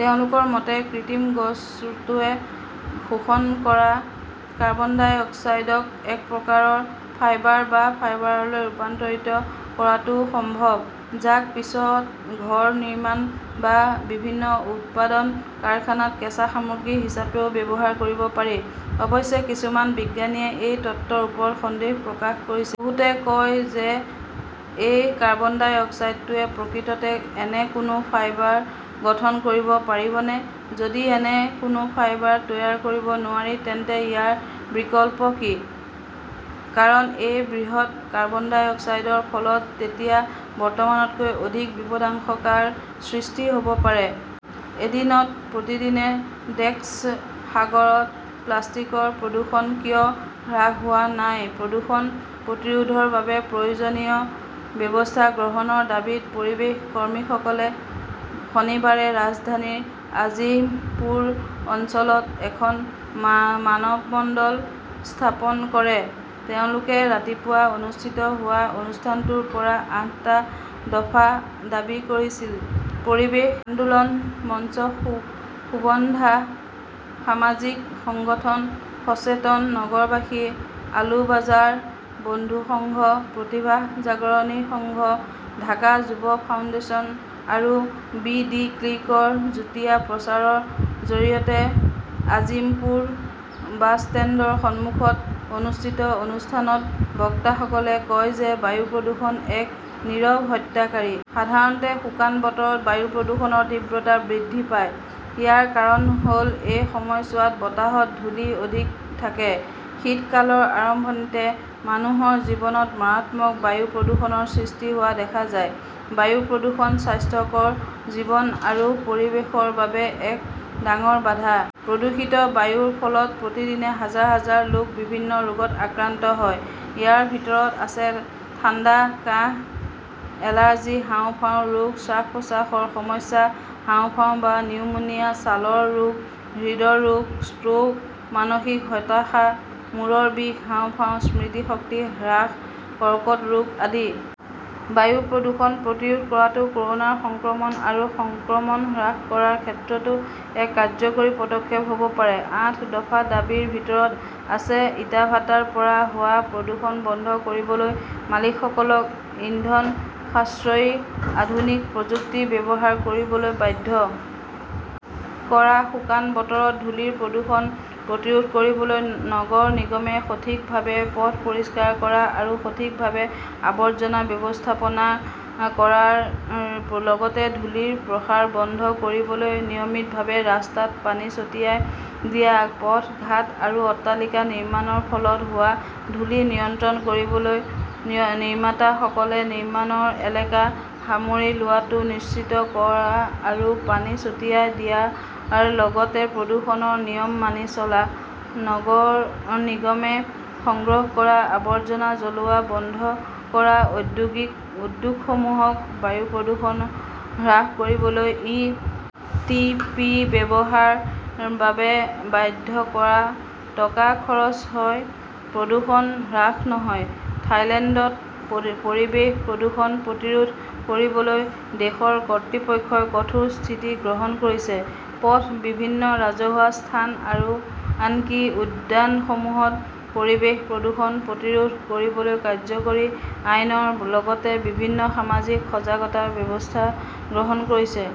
তেওঁলোকৰ মতে, কৃত্ৰিম গছটোৱে শোষণ কৰা কাৰ্বন-ডাই অক্সাইডক এক প্ৰকাৰৰ 'ফাইবাৰ' বা ফাইবাৰলৈ ৰূপান্তৰিত কৰাটো সম্ভৱ, যাক পিছত ঘৰ নিৰ্মাণ বা বিভিন্ন উৎপাদন কাৰখানাত কেঁচা সামগ্ৰী হিচাপেও ব্যৱহাৰ কৰিব পাৰি। অৱশ্যে, কিছুমান বিজ্ঞানীয়ে এই তত্ত্বৰ ওপৰত সন্দেহ প্ৰকাশ কৰিছে। বহুতে কয় যে এই কাৰ্বন-ডাই অক্সাইডটোৱে প্ৰকৃততে এনে কোনো ফাইবাৰ গঠন কৰিব পাৰিবনে? যদি এনে কোনো ফাইবাৰ তৈয়াৰ কৰিব নোৱাৰি, তেন্তে ইয়াৰ বিকল্প কি? কাৰণ এই বৃহৎ কাৰ্বন-ডাই অক্সাইডৰ ফলত তেতিয়া বৰ্তমানতকৈ অধিক বিপদাশংকাৰ সৃষ্টি হ'ব পাৰে। এদিনত প্ৰতিদিনে ডেস্ক সাগৰত প্লাষ্টিকৰ প্ৰদূষণ কিয় হ্ৰাস হোৱা নাই প্ৰদূষণ প্ৰতিৰোধৰ বাবে প্ৰয়োজনীয় ব্যৱস্থা গ্ৰহণৰ দাবীত পৰিৱেশ কৰ্মীসকলে শনিবাৰে ৰাজধানীৰ আজিমপুৰ অঞ্চলত এখন মানৱমণ্ডল স্থাপন কৰে। তেওঁলোকে ৰাতিপুৱা অনুষ্ঠিত হোৱা অনুষ্ঠানটোৰ পৰা আঠটা দফা দাবী কৰিছিল। পৰিৱেশ আন্দোলন মঞ্চ, সুবন্ধা সামাজিক সংগঠন, সচেতন নগৰবাসী, আলু বজাৰ বন্ধু সংঘ, প্ৰতিভা জাগৰনী সংঘ, ঢাকা যুৱ ফাউণ্ডেশ্যন আৰু বি. ডি. ক্লিকৰ যুটীয়া প্ৰচাৰৰ জৰিয়তে আজিম্পুৰ বাছ ষ্টেণ্ডৰ সন্মুখত অনুষ্ঠিত অনুষ্ঠানত বক্তাসকলে কয় যে বায়ু প্ৰদূষণ এক নীৰৱ হত্যাকাৰী। সাধাৰণতে শুকান বতৰত বায়ু প্ৰদূষণৰ তীব্ৰতা বৃদ্ধি পায়। ইয়াৰ কাৰণ হ'ল এই সময়ছোৱাত বতাহত ধূলি অধিক থাকে। শীতকালৰ আৰম্ভণিতে মানুহৰ জীৱনত মাৰাত্মক বায়ু প্ৰদূষণৰ সৃষ্টি হোৱা দেখা যায়। বায়ু প্ৰদূষণ স্বাস্থ্যকৰ জীৱন আৰু পৰিৱেশৰ বাবে এক ডাঙৰ বাধা। প্ৰদূষিত বায়ুৰ ফলত প্ৰতিদিনে হাজাৰ হাজাৰ লোক বিভিন্ন ৰোগত আক্ৰান্ত হয়। ইয়াৰ ভিতৰত আছে-ঠাণ্ডা কাহ, এলাৰ্জি, হাঁওফাঁওৰ ৰোগ, শ্বাস-প্ৰশ্বাসৰ সমস্যা, হাঁওফাঁও বা নিউমোনিয়া, ছালৰ ৰোগ, হৃদৰোগ, ষ্ট্ৰোক, মানসিক হতাশা, মূৰৰ বিষ, হাঁওফাঁও, স্মৃতিশক্তি হ্ৰাস, কৰ্কট ৰোগ আদি। বায়ু প্ৰদূষণ প্ৰতিৰোধ কৰাটো ক'ৰোনাৰ সংক্ৰমণ আৰু সংক্ৰমণ হ্ৰাস কৰাৰ ক্ষেত্ৰতো এক কাৰ্যকৰী পদক্ষেপ হ'ব পাৰে। আঠ দফা দাবীৰ ভিতৰত আছে-ইটাভাটাৰ পৰা হোৱা প্ৰদূষণ বন্ধ কৰিবলৈ মালিকসকলক ইন্ধন-সাশ্ৰয়ী আধুনিক প্ৰযুক্তি ব্যৱহাৰ কৰিবলৈ বাধ্য কৰা, শুকান বতৰত ধূলিৰ প্ৰদূষণ প্ৰতিৰোধ কৰিবলৈ নগৰ নিগমে সঠিকভাৱে পথ পৰিষ্কাৰ কৰা আৰু সঠিকভাৱে আৱৰ্জনা ব্যৱস্থাপনা কৰাৰ লগতে ধূলিৰ প্ৰসাৰ বন্ধ কৰিবলৈ নিয়মিতভাৱে ৰাস্তাত পানী ছটিয়াই দিয়া, পথ-ঘাট আৰু অট্টালিকা নিৰ্মাণৰ ফলত হোৱা ধূলি নিয়ন্ত্ৰণ কৰিবলৈ নিৰ্মাতাসকলে নিৰ্মাণৰ এলেকা সামৰি লোৱাটো নিশ্চিত কৰা আৰু পানী ছটিয়াই দিয়াৰ লগতে প্ৰদূষণৰ নিয়ম মানি চলা, নগৰ নিগমে সংগ্ৰহ কৰা আৱৰ্জনা জ্বলোৱা বন্ধ কৰা, ঔদ্যোগিক উদ্যোগসমূহক বায়ু প্ৰদূষণ হ্ৰাস কৰিবলৈ ই. টি. পি. ব্যৱহাৰ বাবে বাধ্য কৰা। টকা খৰচ হয়, প্ৰদূষণ হ্ৰাস নহয় ।থাইলেণ্ডত পৰিৱেশ প্ৰদূষণ প্ৰতিৰোধ কৰিবলৈ দেশৰ কৰ্তৃপক্ষই কঠোৰ স্থিতি গ্ৰহণ কৰিছে। পথ, বিভিন্ন ৰাজহুৱা স্থান আৰু আনকি উদ্যানসমূহত পৰিৱেশ প্ৰদূষণ প্ৰতিৰোধ কৰিবলৈ কাৰ্যকৰী আইনৰ লগতে বিভিন্ন সামাজিক সজাগতা ব্যৱস্থা গ্ৰহণ কৰিছে।